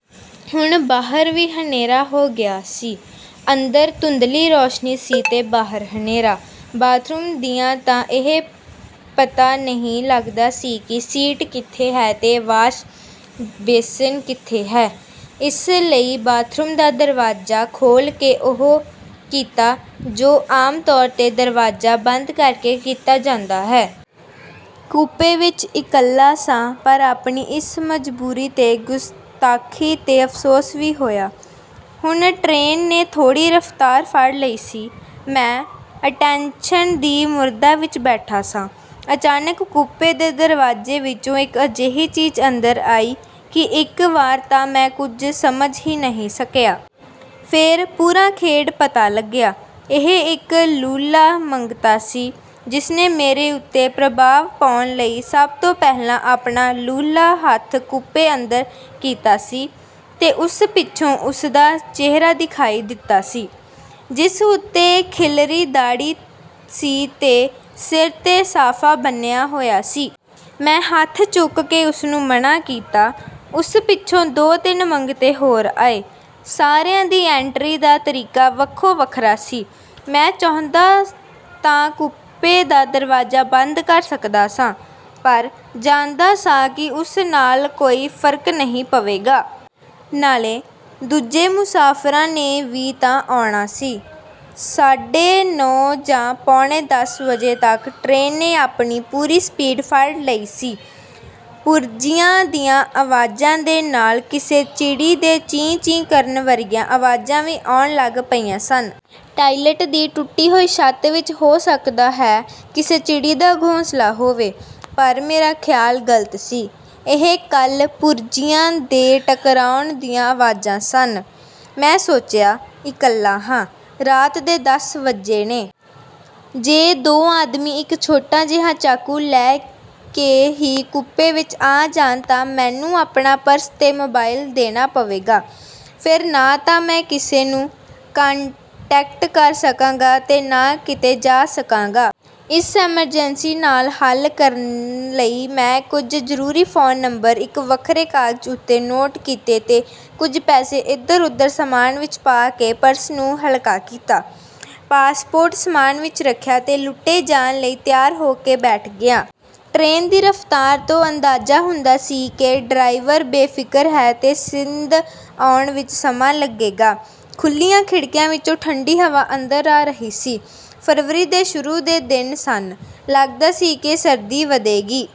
ਹੁਣ ਬਾਹਰ ਵੀ ਹਨੇਰਾ ਹੋ ਗਿਆ ਸੀ। ਅੰਦਰ ਧੁੰਦਲੀ ਰੋਸ਼ਨੀ ਸੀ ਤੇ ਬਾਹਰ ਹਨੇਰਾ। ਬਾਥਰੂਮ ਗਿਆ ਤਾਂ ਇਹ ਪਤਾ ਨਹੀਂ ਲੱਗਦਾ ਸੀ ਕਿ ਸੀਟ ਕਿੱਥੇ ਹੈ ਤੇ ਵਾਸ਼ ਬੇਸਿਨ ਕਿੱਥੇ ਹੈ। ਇਸ ਲਈ ਬਾਥਰੂਮ ਦਾ ਦਰਵਾਜ਼ਾ ਖੋਲ੍ਹ ਕੇ ਉਹ ਕੀਤਾ, ਜੋ ਆਮ ਤੌਰ 'ਤੇ ਦਰਵਾਜ਼ਾ ਬੰਦ ਕਰਕੇ ਕੀਤਾ ਜਾਂਦਾ ਹੈ। ਕੂਪੇ ਵਿਚ ਇਕੱਲਾ ਸਾਂ, ਪਰ ਆਪਣੀ ਇਸ ਮਜਬੂਰੀ ਤੇ ਗੁਸਤਾਖ਼ੀ 'ਤੇ ਅਫ਼ਸੋਸ ਵੀ ਹੋਇਆ। ਹੁਣ ਟਰੇਨ ਨੇ ਥੋੜ੍ਹੀ ਰਫ਼ਤਾਰ ਫੜ੍ਹ ਲਈ ਸੀ। ਮੈਂ ਅਟੈਨਸ਼ਨ ਦੀ ਮੁਦਰਾ ਵਿਚ ਬੈਠਾ ਸਾਂ। ਅਚਾਨਕ ਕੂਪੇ ਦੇ ਦਰਵਾਜ਼ੇ ਵਿਚੋਂ ਇਕ ਅਜਿਹੀ ਚੀਜ਼ ਅੰਦਰ ਆਈ ਕਿ ਇਕ ਵਾਰ ਤਾਂ ਮੈਂ ਕੁਝ ਸਮਝ ਹੀ ਨਹੀਂ ਸਕਿਆ। ਫੇਰ ਪੂਰਾ ਖੇਡ ਪਤਾ ਲੱਗਿਆ। ਇਹ ਇਕ ਲੂਲ੍ਹਾ ਮੰਗਤਾ ਸੀ, ਜਿਸਨੇ ਮੇਰੇ ਉੱਤੇ ਪ੍ਰਭਾਵ ਪਾਉਣ ਲਈ ਸਭ ਤੋਂ ਪਹਿਲਾਂ ਆਪਣਾ ਲੂਲ੍ਹਾ ਹੱਥ ਕੂਪੇ ਅੰਦਰ ਕੀਤਾ ਸੀ ਤੇ ਉਸ ਪਿੱਛੋਂ ਉਸਦਾ ਚਿਹਰਾ ਦਿਖਾਈ ਦਿੱਤਾ ਸੀ, ਜਿਸ ਉੱਤੇ ਖਿੱਲਰੀ ਦਾੜ੍ਹੀ ਸੀ ਤੇ ਸਿਰ 'ਤੇ ਸਾਫ਼ਾ ਬੰਨ੍ਹਿਆ ਹੋਇਆ ਸੀ। ਮੈਂ ਹੱਥ ਚੁੱਕ ਕੇ ਉਸਨੂੰ ਮਨ੍ਹਾਂ ਕੀਤਾ। ਉਸ ਪਿੱਛੋਂ ਦੋ-ਤਿੰਨ ਮੰਗਤੇ ਹੋਰ ਆਏ। ਸਾਰਿਆਂ ਦੀ ਐਂਟਰੀ ਦਾ ਤਰੀਕਾ ਵੱਖੋ-ਵੱਖਰਾ ਸੀ। ਮੈਂ ਚਾਹੁੰਦਾ ਤਾਂ ਕੂਪੇ ਦਾ ਦਰਵਾਜ਼ਾ ਬੰਦ ਕਰ ਸਕਦਾ ਸਾਂ, ਪਰ ਜਾਣਦਾ ਸਾਂ ਕਿ ਉਸ ਨਾਲ ਕੋਈ ਫ਼ਰਕ ਨਹੀਂ ਪਵੇਗਾ। ਨਾਲੇ, ਦੂਜੇ ਮੁਸਾਫ਼ਰਾਂ ਨੇ ਵੀ ਤਾਂ ਆਉਣਾ ਸੀ। ਸਾਢੇ ਨੌਂ ਜਾਂ ਪੌਣੇ ਦਸ ਵਜੇ ਤੱਕ ਟਰੇਨ ਨੇ ਆਪਣੀ ਪੂਰੀ ਸਪੀਡ ਫੜ੍ਹ ਲਈ ਸੀ। ਪੁਰਜ਼ਿਆਂ ਦੀਆਂ ਆਵਾਜ਼ਾਂ ਦੇ ਨਾਲ ਕਿਸੇ ਚਿੜੀ ਦੇ ਚੀਂ-ਚੀਂ ਕਰਨ ਵਰਗੀਆਂ ਆਵਾਜ਼ਾਂ ਵੀ ਆਉਣ ਲੱਗ ਪਈਆਂ ਸਨ। ਟਾਇਲਟ ਦੀ ਟੁੱਟੀ ਹੋਈ ਛੱਤ ਵਿਚ ਹੋ ਸਕਦਾ ਹੈ ਕਿਸੇ ਚਿੜੀ ਦਾ ਘੋਂਸਲਾ ਹੋਵੇ। ਪਰ ਮੇਰਾ ਖ਼ਿਆਲ ਗ਼ਲਤ ਸੀ। ਇਹ ਕਲ-ਪੁਰਜ਼ਿਆਂ ਦੇ ਟਕਰਾਉਣ ਦੀਆਂ ਆਵਾਜ਼ਾਂ ਸਨ। ਮੈਂ ਸੋਚਿਆ, ਇਕੱਲਾ ਹਾਂ। ਰਾਤ ਦੇ ਦਸ ਵੱਜੇ ਨੇ। ਜੇ ਦੋ ਆਦਮੀ ਇਕ ਛੋਟਾ ਜਿਹਾ ਚਾਕੂ ਲੈ ਕੇ ਹੀ ਕੂਪੇ ਵਿਚ ਆ ਜਾਣ ਤਾਂ ਮੈਨੂੰ ਆਪਣਾ ਪਰਸ ਤੇ ਮੋਬਾਇਲ ਦੇਣਾ ਪਵੇਗਾ। ਫੇਰ ਨਾ ਤਾਂ ਮੈਂ ਕਿਸੇ ਨੂੰ 'ਕਾਨਟੈਕਟ' ਕਰ ਸਕਾਂਗਾ ਤੇ ਨਾ ਕਿਤੇ ਜਾ ਸਕਾਂਗਾ। ਇਸ ਐਮਰਜੈਂਸੀ ਨਾਲ ਹੱਲ ਕਰਨ ਲਈ ਮੈਂ ਕੁਝ ਜ਼ਰੂਰੀ ਫ਼ੋਨ ਨੰਬਰ ਇੱਕ ਵੱਖਰੇ ਕਾਗਜ਼ ਉੱਤੇ ਨੋਟ ਕੀਤੇ ਤੇ ਕੁਝ ਪੈਸੇ ਇਧਰ-ਉਧਰ ਸਾਮਾਨ ਵਿਚ ਪਾ ਕੇ ਪਰਸ ਨੂੰ ਹਲਕਾ ਕੀਤਾ। ਪਾਸਪੋਰਟ ਸਾਮਾਨ ਵਿਚ ਰੱਖਿਆ ਤੇ ਲੁੱਟੇ ਜਾਣ ਲਈ ਤਿਆਰ ਹੋ ਕੇ ਬੈਠ ਗਿਆ। ਟਰੇਨ ਦੀ ਰਫ਼ਤਾਰ ਤੋਂ ਅੰਦਾਜ਼ਾ ਹੁੰਦਾ ਸੀ ਕਿ ਡਰਾਈਵਰ ਬੇਫ਼ਿਕਰ ਹੈ ਤੇ ਸਿੰਧ ਆਉਣ ਵਿਚ ਸਮਾਂ ਲੱਗੇਗਾ। ਖੁੱਲ੍ਹੀਆਂ ਖਿੜਕੀਆਂ ਵਿਚੋਂ ਠੰਡੀ ਹਵਾ ਅੰਦਰ ਆ ਰਹੀ ਸੀ। ਫ਼ਰਵਰੀ ਦੇ ਸ਼ੁਰੂ ਦੇ ਦਿਨ ਸਨ। ਲੱਗਦਾ ਸੀ ਕਿ ਸਰਦੀ ਵਧੇਗੀ।